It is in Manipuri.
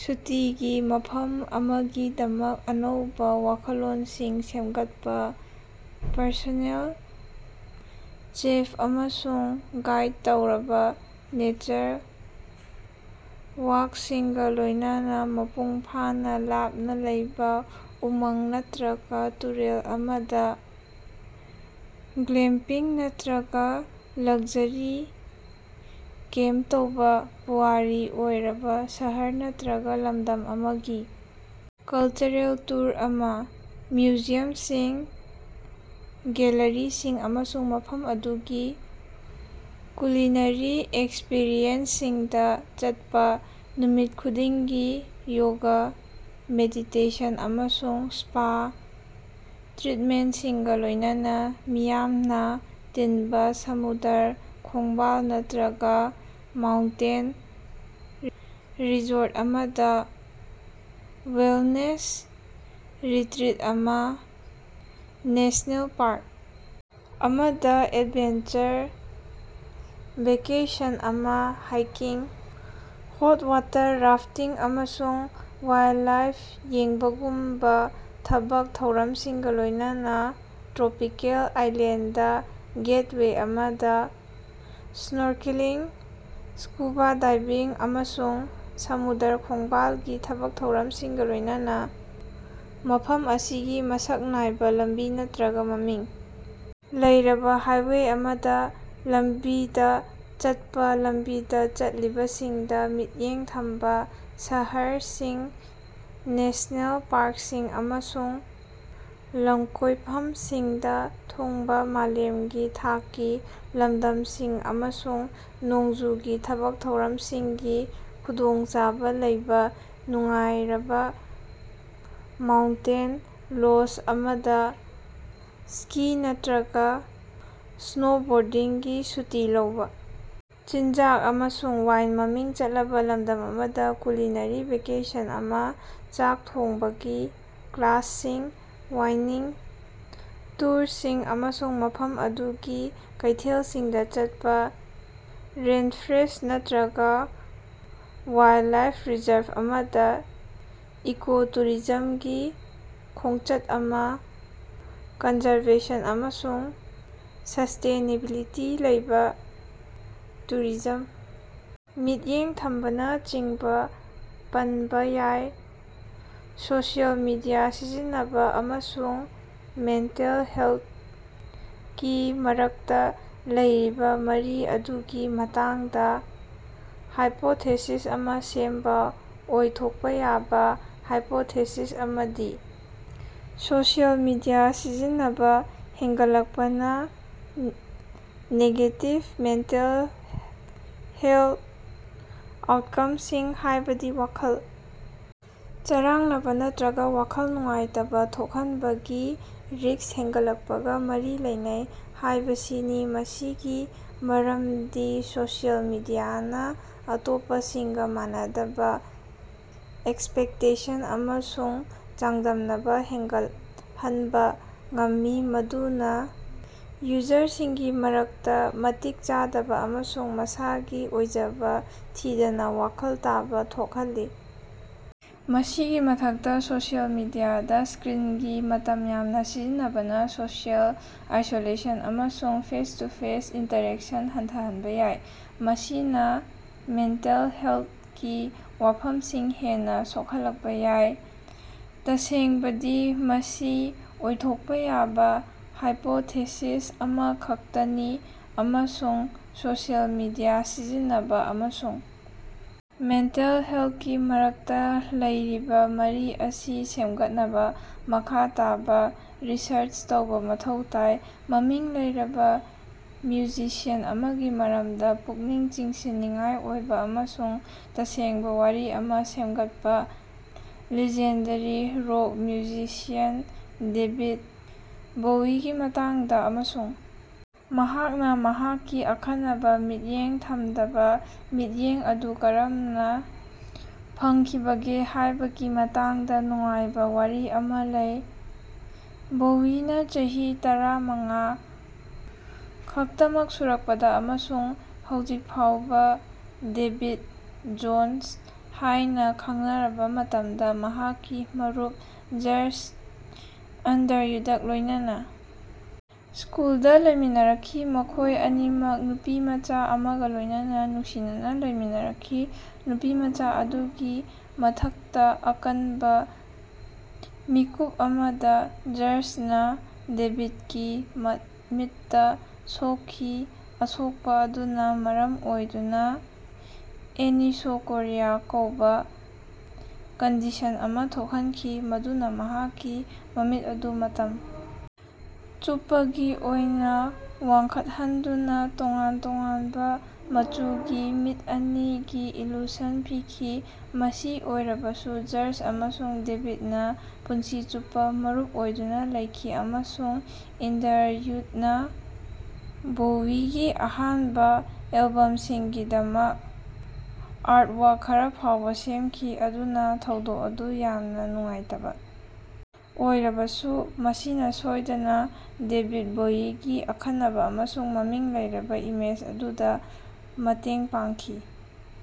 ꯁꯨꯇꯤꯒꯤ ꯃꯐꯝ ꯑꯃꯒꯤꯗꯃꯛ ꯑꯅꯧꯕ ꯋꯥꯈꯜꯂꯣꯟꯁꯤꯡ ꯁꯦꯝꯒꯠꯄ- ꯄꯔꯁꯣꯅꯦꯜ ꯆꯦꯐ ꯑꯃꯁꯨꯡ ꯒꯥꯏꯗ ꯇꯧꯔꯕ ꯅꯦꯆꯔ ꯋꯥꯛꯁꯤꯡꯒ ꯂꯣꯏꯅꯅ ꯃꯄꯨꯡ ꯐꯥꯅ ꯂꯥꯞꯅ ꯂꯩꯕ ꯎꯃꯪ ꯅꯠꯇ꯭ꯔꯒ ꯇꯨꯔꯦꯜ ꯑꯃꯗ "ꯒ꯭ꯂꯦꯝꯄꯤꯡ" ꯅꯠꯇ꯭ꯔꯒ ꯂꯛꯖꯔꯤ ꯀꯦꯝꯄ ꯇꯧꯕ; ꯄꯨꯋꯥꯔꯤ ꯑꯣꯏꯔꯕ ꯁꯍꯔ ꯅꯠꯇ꯭ꯔꯒ ꯂꯝꯗꯝ ꯑꯃꯒꯤ ꯀꯜꯆꯔꯦꯜ ꯇꯨꯔ ꯑꯃ: ꯃ꯭ꯌꯨꯖꯤꯌꯝꯁꯤꯡ, ꯒꯦꯜꯂꯔꯤꯁꯤꯡ ꯑꯃꯁꯨꯡ ꯃꯐꯝ ꯑꯗꯨꯒꯤ ꯀꯨꯂꯤꯅꯔꯤ ꯑꯦꯛꯁꯄꯤꯔꯤꯑꯦꯟꯁꯁꯤꯡꯗ ꯆꯠꯄ; ꯅꯨꯃꯤꯠ ꯈꯨꯗꯤꯡꯒꯤ ꯌꯣꯒ, ꯃꯦꯗꯤꯇꯦꯁꯟ ꯑꯃꯁꯨꯡ ꯁ꯭ꯄꯥ ꯇ꯭ꯔꯤꯠꯃꯦꯟꯇꯁꯤꯡꯒ ꯂꯣꯏꯅꯅ ꯃꯤ ꯌꯥꯝꯅ ꯇꯤꯟꯕ ꯁꯃꯨꯗ꯭ꯔ ꯈꯣꯡꯕꯥꯜ ꯅꯠꯇ꯭ꯔꯒ ꯃꯥꯎꯟꯇꯦꯟ ꯔꯤꯖꯣꯔꯠ ꯑꯃꯗ ꯋꯦꯜꯅꯦꯁ ꯔꯤꯇ꯭ꯔꯤꯠ ꯑꯃ; ꯅꯦꯁ꯭ꯅꯦꯜ ꯄꯥꯔꯛ ꯑꯃꯗ ꯑꯦꯗꯚꯦꯟꯆꯔ ꯚꯦꯀꯦꯁꯟ ꯑꯃ; ꯍꯥꯏꯀꯤꯡ, ꯍꯣꯠ-ꯋꯥꯇꯔ ꯔꯥꯐꯇꯤꯡ ꯑꯃꯁꯨꯡ ꯋꯥꯏꯜꯗꯂꯥꯏꯐ ꯌꯦꯡꯕꯒꯨꯝꯕ ꯊꯕꯛ ꯊꯧꯔꯝꯁꯤꯡꯒ ꯂꯣꯏꯅꯅ ꯇ꯭ꯔꯣꯄꯤꯀꯦꯜ ꯑꯥꯏꯂꯦꯟꯗ ꯒꯦꯠꯋꯦ ꯑꯃꯗ ꯁ꯭ꯅꯣꯔꯀꯦꯂꯤꯡ, ꯁ꯭ꯀꯨꯕꯥ ꯗꯥꯏꯚꯤꯡ ꯑꯃꯁꯨꯡ ꯁꯃꯨꯗ꯭ꯔ ꯈꯣꯡꯕꯥꯜꯒꯤ ꯊꯕꯛ ꯊꯧꯔꯝꯁꯤꯡꯒ ꯂꯣꯏꯅꯅ ꯃꯐꯝ ꯑꯁꯤꯒꯤ ꯃꯁꯛ ꯅꯥꯏꯕ ꯂꯝꯕꯤ ꯅꯠꯇ꯭ꯔꯒ ꯃꯃꯤꯡ ꯂꯩꯔꯕ ꯍꯥꯏꯋꯦ ꯑꯃꯗ ꯂꯝꯕꯤꯗ ꯆꯠꯄ, ꯂꯝꯕꯤꯗ ꯆꯠꯂꯤꯕꯁꯤꯡꯗ ꯃꯤꯠꯌꯦꯡ ꯊꯝꯕ, ꯁꯍꯔꯁꯤꯡ, ꯅꯦꯁ꯭ꯅꯦꯜ ꯄꯥꯔꯛꯁꯤꯡ ꯑꯃꯁꯨꯡ ꯂꯝꯀꯣꯏꯐꯝꯁꯤꯡꯗ ꯊꯨꯡꯕ꯫ ꯃꯥꯂꯦꯝꯒꯤ ꯊꯥꯛꯀꯤ ꯂꯝꯗꯝꯁꯤꯡ ꯑꯃꯁꯨꯡ ꯅꯣꯡꯖꯨꯒꯤ ꯊꯕꯛ ꯊꯧꯔꯝꯁꯤꯡꯒꯤ ꯈꯨꯗꯣꯡꯆꯥꯕ ꯂꯩꯕ, ꯅꯨꯡꯉꯥꯏꯔꯕ ꯃꯥꯎꯟꯇꯦꯟ ꯂꯣꯖ ꯑꯃꯗ ꯁ꯭ꯀꯤ ꯅꯠꯇ꯭ꯔꯒ ꯁ꯭ꯅꯣꯕꯣꯔꯗꯤꯡꯒꯤ ꯁꯨꯇꯤ ꯂꯧꯕ; ꯆꯤꯟꯖꯥꯛ ꯑꯃꯁꯨꯡ ꯋꯥꯏꯟ ꯃꯃꯤꯡ ꯆꯠꯂꯕ ꯂꯝꯗꯝ ꯑꯃꯗ ꯀꯨꯂꯤꯅꯔꯤ ꯚꯦꯀꯦꯁꯟ ꯑꯃ, ꯆꯥꯛ ꯊꯣꯡꯕꯒꯤ ꯀ꯭ꯂꯥꯁꯁꯤꯡ, ꯋꯥꯏꯅꯤꯡ ꯇꯨꯔꯁꯤꯡ ꯑꯃꯁꯨꯡ ꯃꯐꯝ ꯑꯗꯨꯒꯤ ꯀꯩꯊꯦꯜꯁꯤꯡꯗ ꯆꯠꯄ; ꯔꯦꯟꯐ꯭ꯔꯦꯁꯠ ꯅꯠꯇ꯭ꯔꯒ ꯋꯥꯏꯜꯗꯂꯥꯏꯐ ꯔꯤꯖꯔꯚ ꯑꯃꯗ ꯏꯀꯣ-ꯇꯨꯔꯤꯖꯝꯒꯤ ꯈꯣꯡꯆꯠ ꯑꯃ, ꯀꯟꯖꯔꯚꯦꯁꯟ ꯑꯃꯁꯨꯡ ꯁꯁꯇꯦꯅꯦꯕꯤꯂꯤꯇꯤ ꯂꯩꯕ, ꯇꯨꯔꯤꯖꯝ ꯃꯤꯠꯌꯦꯡ ꯊꯝꯕꯅ ꯆꯤꯡꯕ ꯄꯟꯕ ꯌꯥꯏ꯫ ꯁꯣꯁꯤꯑꯦꯜ ꯃꯤꯗꯤꯌꯥ ꯁꯤꯖꯤꯟꯅꯕ ꯑꯃꯁꯨꯡ ꯃꯦꯟꯇꯜ ꯍꯦꯜꯊꯀꯤ ꯃꯔꯛꯇ ꯂꯩꯔꯤꯕ ꯃꯔꯤ ꯑꯗꯨꯒꯤ ꯃꯇꯥꯡꯗ ꯍꯥꯏꯄꯣꯊꯦꯁꯤꯁ ꯑꯃ ꯁꯦꯝꯕ- ꯑꯣꯏꯊꯣꯛꯄ ꯌꯥꯕ ꯍꯥꯏꯄꯣꯊꯦꯁꯤꯁ ꯑꯃꯗꯤ ꯁꯣꯁꯤꯑꯦꯜ ꯃꯤꯗꯤꯌꯥ ꯁꯤꯖꯤꯟꯅꯕ ꯍꯦꯟꯒꯠꯂꯛꯄꯅ ꯅꯦꯒꯦꯇꯤꯚ ꯃꯦꯟꯇꯜ ꯍꯦꯜꯊ ꯑꯥꯎꯠꯀꯝꯁꯤꯡ, ꯍꯥꯏꯕꯗꯤ ꯋꯥꯈꯜ ꯆꯔꯥꯡꯅꯕ ꯅꯠꯇ꯭ꯔꯒ ꯋꯥꯈꯜ ꯅꯨꯡꯉꯥꯏꯇꯕ ꯊꯣꯛꯍꯟꯕꯒꯤ ꯔꯤꯁꯛ ꯍꯦꯟꯒꯠꯂꯛꯄꯒ ꯃꯔꯤ ꯂꯩꯅꯩ ꯍꯥꯏꯕꯁꯤꯅꯤ꯫ ꯃꯁꯤꯒꯤ ꯃꯔꯝꯗꯤ ꯁꯣꯁꯤꯑꯦꯜ ꯃꯤꯗꯤꯌꯥꯅ ꯑꯇꯣꯞꯄꯁꯤꯡꯒ ꯃꯥꯟꯅꯗꯕ ꯑꯦꯛꯁꯄꯦꯛꯇꯦꯁꯟ ꯑꯃꯁꯨꯡ ꯆꯥꯡꯗꯝꯅꯕ ꯍꯦꯟꯒꯠꯍꯟꯕ ꯉꯝꯃꯤ꯫ ꯃꯗꯨꯅ ꯌꯨꯖꯔꯁꯤꯡꯒꯤ ꯃꯔꯛꯇ ꯃꯇꯤꯛ ꯆꯥꯗꯕ ꯑꯃꯁꯨꯡ ꯃꯁꯥꯒꯤ ꯑꯣꯏꯖꯕ ꯊꯤꯗꯅ ꯋꯥꯈꯜ ꯇꯥꯕ ꯊꯣꯛꯍꯜꯂꯤ꯫ ꯃꯁꯤꯒꯤ ꯃꯊꯛꯇ ꯁꯣꯁꯤꯑꯦꯜ ꯃꯤꯗꯤꯌꯥꯗ ꯁ꯭ꯀꯔꯤꯟꯒꯤ ꯃꯇꯝ ꯌꯥꯝꯅ ꯁꯤꯖꯤꯟꯅꯕꯅ ꯁꯣꯁꯤꯑꯦꯜ ꯑꯥꯏꯁꯣꯂꯦꯁꯟ ꯑꯃꯁꯨꯡ ꯐꯦꯁ-ꯇꯨ-ꯐꯦꯁ ꯏꯟꯇꯔꯦꯛꯁꯟ ꯍꯟꯊꯍꯟꯕ ꯌꯥꯏ꯫ ꯃꯁꯤꯅ ꯃꯦꯟꯇꯜ ꯍꯦꯜꯊꯀꯤ ꯋꯥꯐꯝꯁꯤꯡ ꯍꯦꯟꯅ ꯁꯣꯛꯍꯜꯂꯛꯄ ꯌꯥꯏ꯫ ꯇꯁꯦꯡꯕꯗꯤ ꯃꯁꯤ ꯑꯣꯏꯊꯣꯛꯄ ꯌꯥꯕ ꯍꯥꯏꯄꯣꯊꯦꯁꯤꯁ ꯑꯃꯈꯛꯇꯅꯤ ꯑꯃꯁꯨꯡ ꯁꯣꯁꯤꯑꯦꯜ ꯃꯤꯗꯤꯌꯥ ꯁꯤꯖꯤꯟꯅꯕ ꯑꯃꯁꯨꯡ ꯃꯦꯟꯇꯜ ꯍꯦꯜꯊꯀꯤ ꯃꯔꯛꯇ ꯂꯩꯔꯤꯕ ꯃꯔꯤ ꯑꯁꯤ ꯁꯦꯝꯒꯠꯅꯕ ꯃꯈꯥ ꯇꯥꯕ ꯔꯤꯁꯔꯆ ꯇꯧꯕ ꯃꯊꯧ ꯇꯥꯏ꯫ ꯃꯃꯤꯡ ꯂꯩꯔꯕ ꯃ꯭ꯌꯨꯖꯤꯁꯤꯌꯟ ꯑꯃꯒꯤ ꯃꯔꯝꯗ ꯄꯨꯛꯅꯤꯡ ꯆꯤꯡꯁꯤꯟꯅꯤꯡꯉꯥꯏ ꯑꯣꯏꯕ ꯑꯃꯁꯨꯡ ꯇꯁꯦꯡꯕ ꯋꯥꯔꯤ ꯑꯃ ꯁꯦꯝꯒꯠꯄ ꯂꯤꯖꯦꯟꯗꯔꯤ ꯔꯣꯛ ꯃ꯭ꯌꯨꯖꯤꯁꯤꯌꯟ ꯗꯦꯕꯤꯗ ꯕꯣꯋꯤꯒꯤ ꯃꯇꯥꯡꯗ ꯑꯃꯁꯨꯡ ꯃꯍꯥꯛꯅ ꯃꯍꯥꯛꯀꯤ ꯑꯈꯟꯅꯕ ꯃꯤꯠꯌꯦꯡ ꯊꯝꯗꯕ ꯃꯤꯠꯌꯦꯡ ꯑꯗꯨ ꯀꯔꯝꯅ ꯐꯪꯈꯤꯕꯒꯦ ꯍꯥꯏꯕꯒꯤ ꯃꯇꯥꯡꯗ ꯅꯨꯡꯉꯥꯏꯕ ꯋꯥꯔꯤ ꯑꯃ ꯂꯩ꯫ ꯕꯣꯋꯤꯅ ꯆꯍꯤ ꯇꯔꯥꯃꯉꯥ ꯈꯛꯇꯃꯛ ꯁꯨꯔꯛꯄꯗ ꯑꯃꯁꯨꯡ ꯍꯧꯖꯤꯛ ꯐꯥꯎꯕ ꯗꯦꯕꯤꯠ ꯖꯣꯟꯁ ꯍꯥꯏꯅ ꯈꯪꯅꯔꯕ ꯃꯇꯝꯗ ꯃꯍꯥꯛꯀꯤ ꯃꯔꯨꯞ ꯖꯔꯖ ꯑꯟꯗꯔꯋꯨꯗꯀ ꯂꯣꯏꯅꯅ ꯁ꯭ꯀꯨꯜꯗ ꯂꯩꯃꯤꯟꯅꯔꯛꯈꯤ꯫ ꯃꯈꯣꯏ ꯑꯅꯤꯃꯛ ꯅꯨꯄꯤꯃꯆꯥ ꯑꯃꯒ ꯂꯣꯏꯅꯅ ꯅꯨꯡꯁꯤꯅꯅ ꯂꯩꯃꯤꯟꯅꯔꯛꯈꯤ꯫ ꯅꯨꯄꯤꯃꯆꯥ ꯑꯗꯨꯒꯤ ꯃꯊꯛꯇ ꯑꯀꯟꯕ ꯃꯤꯀꯨꯞ ꯑꯃꯗ ꯖꯔꯖꯅ ꯗꯦꯕꯤꯠꯀꯤ ꯃꯃꯤꯠꯇ ꯁꯣꯛꯈꯤ꯫ ꯑꯁꯣꯛꯄ ꯑꯗꯨꯅ ꯃꯔꯝ ꯑꯣꯏꯗꯨꯅ "ꯑꯦꯅꯤꯁꯣꯀꯣꯔꯤꯌꯥ" ꯀꯧꯕ ꯀꯟꯗꯤꯁꯟ ꯑꯃ ꯊꯣꯛꯍꯟꯈꯤ꯫ ꯃꯗꯨꯅ ꯃꯍꯥꯛꯀꯤ ꯃꯃꯤꯠ ꯑꯗꯨ ꯃꯇꯝ ꯆꯨꯞꯄꯒꯤ ꯑꯣꯏꯅ ꯋꯥꯡꯈꯠꯍꯟꯗꯨꯅ ꯇꯣꯉꯥꯟ-ꯇꯣꯉꯥꯟꯕ ꯃꯆꯨꯒꯤ ꯃꯤꯠ ꯑꯅꯤꯒꯤ ꯏꯂ꯭ꯌꯨꯁꯟ ꯄꯤꯈꯤ꯫ ꯃꯁꯤ ꯑꯣꯏꯔꯕꯁꯨ ꯖꯔꯖ ꯑꯃꯁꯨꯡ ꯗꯦꯕꯤꯠꯅ ꯄꯨꯟꯁꯤ ꯆꯨꯞꯄ ꯃꯔꯨꯞ ꯑꯣꯏꯗꯨꯅ ꯂꯩꯈꯤ ꯑꯃꯁꯨꯡ ꯑꯟꯗꯔꯋꯨꯗꯅ ꯕꯣꯋꯤꯒꯤ ꯑꯍꯥꯟꯕ ꯑꯦꯜꯕꯝꯁꯤꯡꯒꯤꯗꯃꯛ ꯑꯥꯔꯠꯋꯥꯔꯛ ꯈꯔ ꯐꯥꯎꯕ ꯁꯦꯝꯈꯤ꯫ ꯑꯗꯨꯅ ꯊꯧꯗꯣꯛ ꯑꯗꯨ ꯌꯥꯝꯅ ꯅꯨꯡꯉꯥꯏꯇꯕ ꯑꯣꯏꯔꯕꯁꯨ ꯃꯁꯤꯅ ꯁꯣꯏꯗꯅ ꯗꯦꯕꯤꯠ ꯕꯣꯋꯤꯒꯤ ꯑꯈꯟꯅꯕ ꯑꯃꯁꯨꯡ ꯃꯃꯤꯡ ꯂꯩꯔꯕ ꯏꯃꯦꯖ ꯑꯗꯨꯗ ꯃꯇꯦꯡ ꯄꯥꯡꯈꯤ꯫